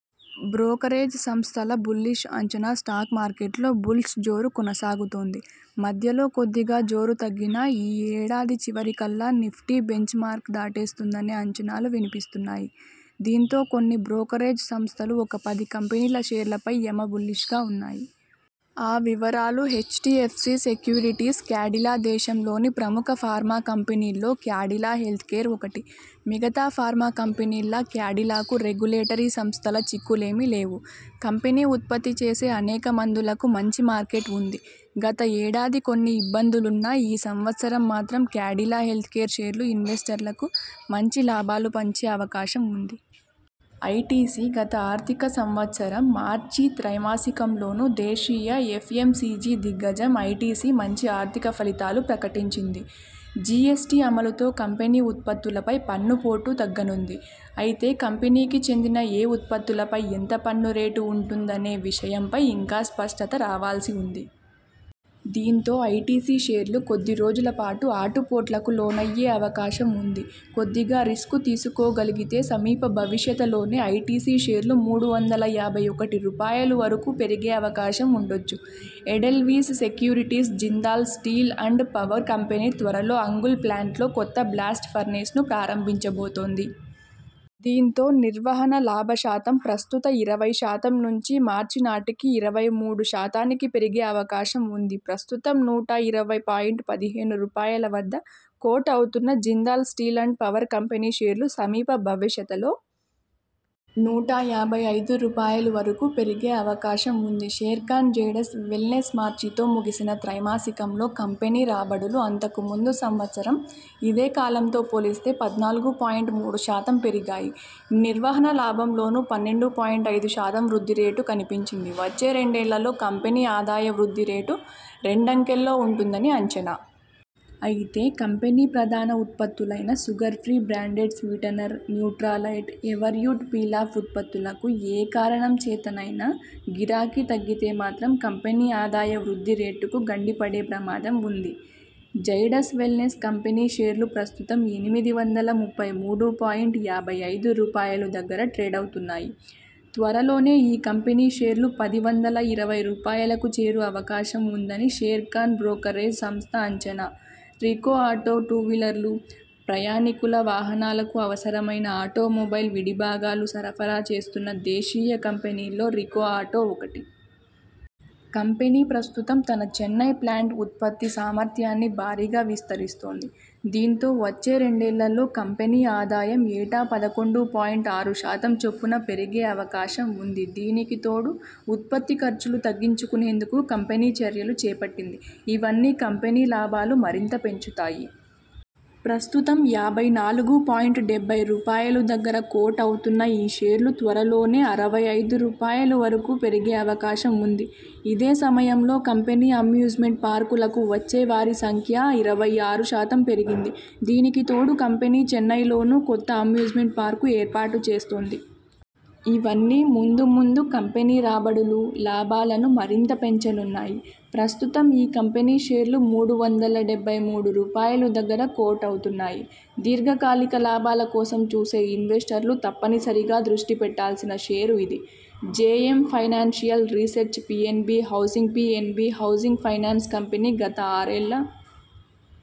Brokerage సంస్థల bullish అంచనా stock మార్కెట్లో బుల్స్ జోరు కొనసాగుతోంది. మధ్యలో కొద్దిగా జోరు తగ్గినా ఈ ఏడాది చివరి కల్లా నిఫ్టీ బెంచ్మార్క్ దాటేస్తుందనే అంచనాలు వినిపిస్తున్నాయి. దీంతో కొన్ని బ్రోకరేజ్ సంస్థలు ఒక పది కంపెనీల షేర్లపై యమ బుల్లి్షగా ఉన్నాయి. ఆ వివరాలు హెచ్డిఎ్ఫసి సెక్యూరిటీస్ క్యాడిలా దేశంలోని ప్రముఖ ఫార్మా కంపెనీల్లో క్యాడిలా హెల్త్కేర్ ఒకటి. మిగతా ఫార్మా కంపెనీల్లా క్యాడిలాకు రెగ్యులేటరీ సంస్థల చిక్కులేమీ లేవు. కంపెనీ ఉత్పత్తి చేసే అనేక మందులకు మంచి మార్కెట్ ఉంది. గత ఏడాది కొన్ని ఇబ్బందులున్నా ఈ సంవత్సరం మాత్రం క్యాడిలా హెల్త్కేర్ షేర్లు ఇన్వెస్టర్లకు మంచి లాభాలు పంచే అవకాశం ఉంది. ఐటిసి గత ఆర్థిక సంవత్సరం మార్చి త్రైమాసికంలోనూ దేశీయ ఎఫ్ఎంసిజి దిగ్గజం ఐటిసి మంచి ఆర్థిక ఫలితాలు ప్రకటించింది. జిఎ్సటి అమలుతో కంపెనీ ఉత్పత్తులపై పన్ను పోటూ తగ్గనుంది. అయితే కంపెనీకి చెందిన ఏ ఉత్పత్తులపై ఎంత పన్ను రేటు ఉంటుందనే విషయంపై ఇంకా స్పష్టత రావాల్సి ఉంది. దీంతో ఐటిసి షేర్లు కొద్ది రోజుల పాటు ఆటుపోట్లకు లోనయ్యే అవకాశం ఉంది. కొద్దిగా రిస్కు తీసుకోగలిగితే సమీప భవిష్యతలోనే ఐటిసి షేర్లు మూడు వందల యాభై ఒకటి రూపాయలు వరకు పెరిగే అవకాశం ఉండొచ్చు. Edelweiss securities Jindal steel and power company త్వరలో అంగుల్ ప్లాంట్లో కొత్త బ్లాస్ట్ ఫర్నేస్ ను ప్రారంభించబోతోంది. దీంతో నిర్వహణ లాభ శాతం ప్రస్తుత ఇరవై శాతం నుంచి మార్చి నాటికి ఇరవై మూడు శాతానికి పెరిగే అవకాశం ఉంది ప్రస్తుతం నూట ఇరవై పాయింట్ పదిహేను రూపాయలు వద్ద కోట్ అవుతున్న Jindal steel and power company షేర్లు సమీప భవిష్యతలో నూట యాభై ఐదు రూపాయలువరకు పెరిగే అవకాశం ఉంది షేర్ఖాన్ జైడస్ వెల్నెస్మార్చితో ముగిసిన త్రైమాసికంలో కంపెనీ రాబడులు అంతకు ముందు సంవత్సరం ఇదే కాలంతో పోలిస్తే పద్నాలుగు పాయింట్ మూడు శాతం పెరిగాయి నిర్వహణ లాభంలోనూ పన్నెండు పాయింట్ ఐదు శాతం వృద్ధి రేటు కనిపించింది వచ్చే రెండేళ్లలో కంపెనీ ఆదాయ వృద్ధి రేటు రెండంకెల్లో ఉంటుందని అంచనా. అయితే కంపెనీ ప్రధాన ఉత్పత్తులైన Sugar Free branded sweetener, Nutralite, Everyuth peel off ఉత్పత్తులకు ఏ కారణం చేతనైనా గిరాకీ తగ్గితే మాత్రం కంపెనీ ఆదాయ వృద్ధి రేటుకు గండి పడే ప్రమాదం ఉంది. జైడస్ వెల్నెస్ కంపెనీ షేర్లు ప్రస్తుతం ఎనిమిది వందల ముప్పై మూడు పాయింట్ యాభై ఐదు రూపాయలు దగ్గర ట్రేడవుతున్నాయి త్వరలోనే ఈ కంపెనీ షేర్లు పది వందల ఇరవై రూపాయలుకు చేరు అవకాశం ఉందని షేర్ఖాన్ బ్రోకరేజ్ సంస్థ అంచనా రికో ఆటో టూవీలర్లు, ప్రయాణికుల వాహనాలకు అవసరమైన ఆటోమొబైల్ విడి భాగాలు సరఫరా చేస్తున్న దేశీయ కంపెనీల్లో రికో ఆటో ఒకటి. కంపెనీ ప్రస్తుతం తన చెన్నై ప్లాంట్ ఉత్పత్తి సామర్ధ్యాన్ని భారీగా విస్తరిస్తోంది. దీంతో వచ్చే రెండేళ్లలో కంపెనీ ఆదాయం ఏటా పదకొండు పాయింట్ ఆరు శాతం చొప్పున పెరిగే అవకాశం ఉంది దీనికి తోడు ఉత్పత్తి ఖర్చులు తగ్గించుకునేందుకూ కంపెనీ చర్యలు చేపట్టింది. ఇవన్నీ కంపెనీ లాభాలు మరింత పెంచుతాయి. ప్రస్తుతం యాభై నాలుగు పాయింట్ డెబ్బై రూపాయలు దగ్గర కోట్ అవుతున్న ఈ షేర్లు త్వరలోనే అరవై ఐదు రూపాయలువరకు పెరిగే అవకాశం ఉంది. ఇదే సమయంలో కంపెనీ అమ్యూజ్మెంట్ పార్కులకు వచ్చే వారి సంఖ్యా ఇరవై ఆరు శాతం పెరిగింది. దీనికి తోడు కంపెనీ చెన్నైలోనూ కొత్త అమ్యూజ్మెంట్ పార్కు ఏర్పాటు చేస్తోంది. ఇవన్నీ ముందు ముందు కంపెనీ రాబడులు, లాభాలను మరింత పెంచనున్నాయి. ప్రస్తుతం ఈ కంపెనీ షేర్లు మూడు వందల డెబ్బై మూడు రూపాయలుదగ్గర కోట్ అవుతున్నాయి దీర్ఘకాలిక లాభాల కోసం చూసే ఇన్వెస్టర్లు తప్పనిసరిగా దృష్టి పెట్టాల్సిన షేరు ఇది. JM financial research PNB housing PNB housing finance company గత ఆరేళ్ల